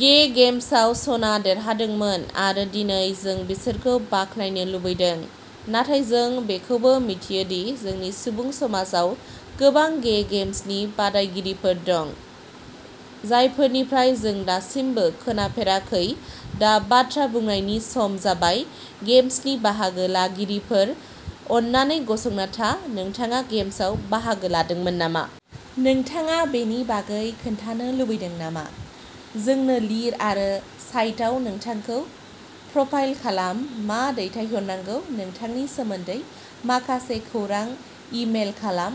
गे गेम्सआव सना देरहादोंमोन आरो दिनै जों बिसोरखौ बाख्नायनो लुबैदों नाथाय जों बेखौबो मिथियो दि जोंनि सुबुं समाजाव गोबां गे गेम्सनि बादायगिरिफोर दं, जायफोरनिफ्राय जों दासिमबो खोनाफेराखै दा बाथ्रा बुंनायनि सम जाबाय। गेम्सनि बाहागो लागिरिफोर अन्नानै गसंना था नोंथाङा गेम्सआव बाहागो लादोंमोन नामा? नोंथाङा बेनि बागै खोन्थानो लुबैदों नामा? जोंनो लिर आरो साइटआव नोंथांखौ प्रफाइल खालाम मा दैथायहरनांगौ नोंथांनि सोमोन्दै माखासे खौरां इमेल खालाम,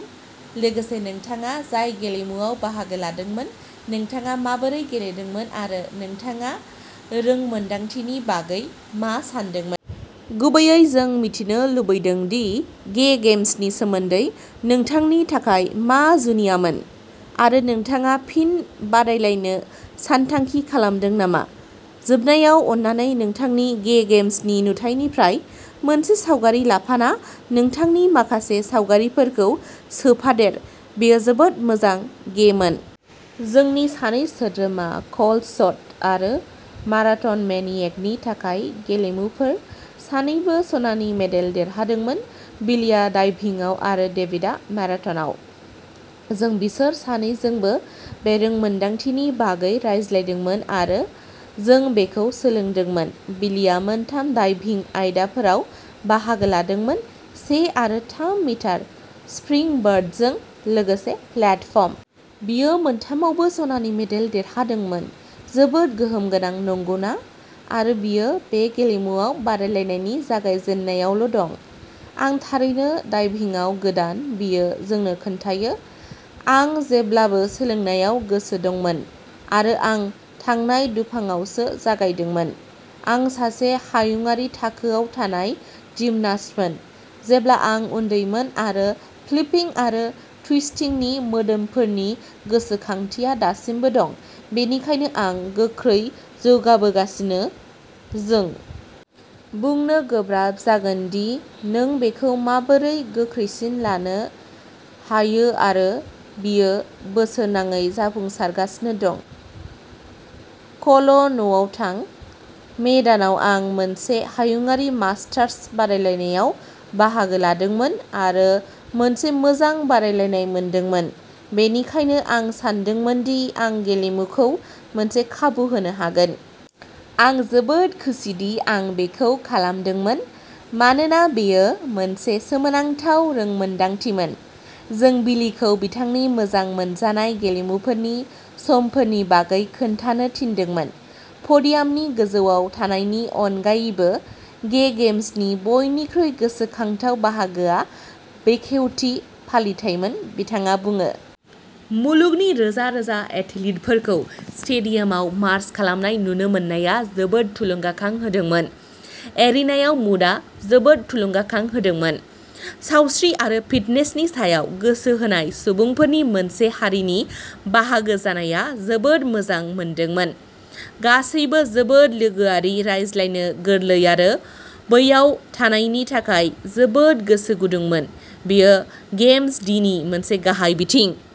लोगोसे नोंथाङा जाय गेलेमुआव बाहागो लादोंमोन नोंथाङा माबोरै गेलेदोंमोन आरो नोंथाङा रोंमोन्दांथिनि बागै मा सानदोंमोन। गुबैयै जों मिथिनो लुबैदों दि गे गेम्सनि सोमोन्दै नोंथांनि थाखाय मा जुनियामोन आरो नोंथाङा फिन बादायलायनो सानथांखि खालामदों नामा जोबनायाव अन्नानै नोंथांनि गे गेम्सनि नुथाइनिफ्राय मोनसे सावगारि लाफाना नोंथांनि माखासे सावगारिफोरखौ सोफादेर बेयो जोबोद मोजां गेमोन। जोंनि सानै सोद्रोमा, कल्ट्सड आरो माराथनमेनियाक नि थाखाय गेलेमुफोर सानैबो सनानि मेडेल देरहादोंमोन बिलीया डाइभिंआव आरो डेविडआ माराथनआव। जों बिसोर सानैजोंबो बे रोंमोन्दांथिनि बागै रायज्लायदोंमोन आरो जों बेखौ सोलोंदोंमोन। बिलीया मोनथाम डाइभिं आयदाफोराव बाहागो लादोंमोन से आरो थाम मिटार स्प्रिंगबर्डजों लोगोसे प्लेटफर्म। बियो मोनथामावबो सनानि मेडेल देरहादोंमोन जोबोद गोहोम गोनां नंगौना आरो बियो बे गेलेमुआव बादायलायनायनि जागायजेननायावल'दं। आं थारैनो डाइविंगआव गोदान बियो जोंनो खोन्थायो। आं जेब्लाबो सोलोंनायाव गोसो दंमोन आरो आं थांनाय दुफांआवसो जागायदोंमोन। आं सासे हायुंआरि थाखोआव थानाय जिमनास्टमोन जेब्ला आं उन्दैमोन आरो फ्लिपिं आरो टुइस्टिंनि मोदोमफोरनि गोसोखांथिया दासिमबो दं, बेनिखायनो आं गोख्रै जौगाबोगासिनो। जों बुंनो गोब्राब जागोन दि नों बेखौ माबोरै गोख्रैसिन लानो हायोआरो बियो बोसोरनाङै जाफुंसारगासिनो दं। कल'नआव थां। "मे दानाव आं मोनसे हायुंआरि मास्टार्स बादायलायनायाव बाहागो लादोंमोन आरो मोनसे मोजां बादायलायनाय मोनदोंमोन, बेनिखायनो आं सानदोंमोन दि आं गेलेमुखौ मोनसे खाबु होनो हागोन। आं जोबोद खुसिदि आं बेखौ खालामदोंमोन मानोना बेयो मोनसे सोमोनांथाव रोंमोनदांथिमोन।" जों बिलीखौ बिथांनि मोजां मोनजानाय गेलेमुफोरनि समफोरनि बागै खोन्थानो थिनदोंमोन। "प'डियामनि गोजौआव थानायनि अनगायैबो, गे गेम्सनि बयनिख्रुइ गोसोखांथाव बाहागोआ बेखेवथि फालिथाइमोन", बिथाङा बुङो। "मुलुगनि रोजा-रोजा एथलीटफोरखौ स्टेडियामाव मार्च खालामनाय नुनो मोननाया जोबोद थुलुंगाखां होदोंमोन। एरिनाआव मुडआ जोबोद थुलुंगाखां होदोंमोन। सावस्रि आरो फिटनेसनि सायाव गोसो होनाय सुबुंफोरनि मोनसे हारिनि बाहागो जानाया जोबोद मोजां मोनदोंमोन। गासैबो जोबोद लोगोआरि, रायज्लायनो गोरलै आरो बैयाव थानायनि थाखाय जोबोद गोसो गुदुंमोन।" बेयो गेम्स-दिनि मोनसे गाहाय बिथिं।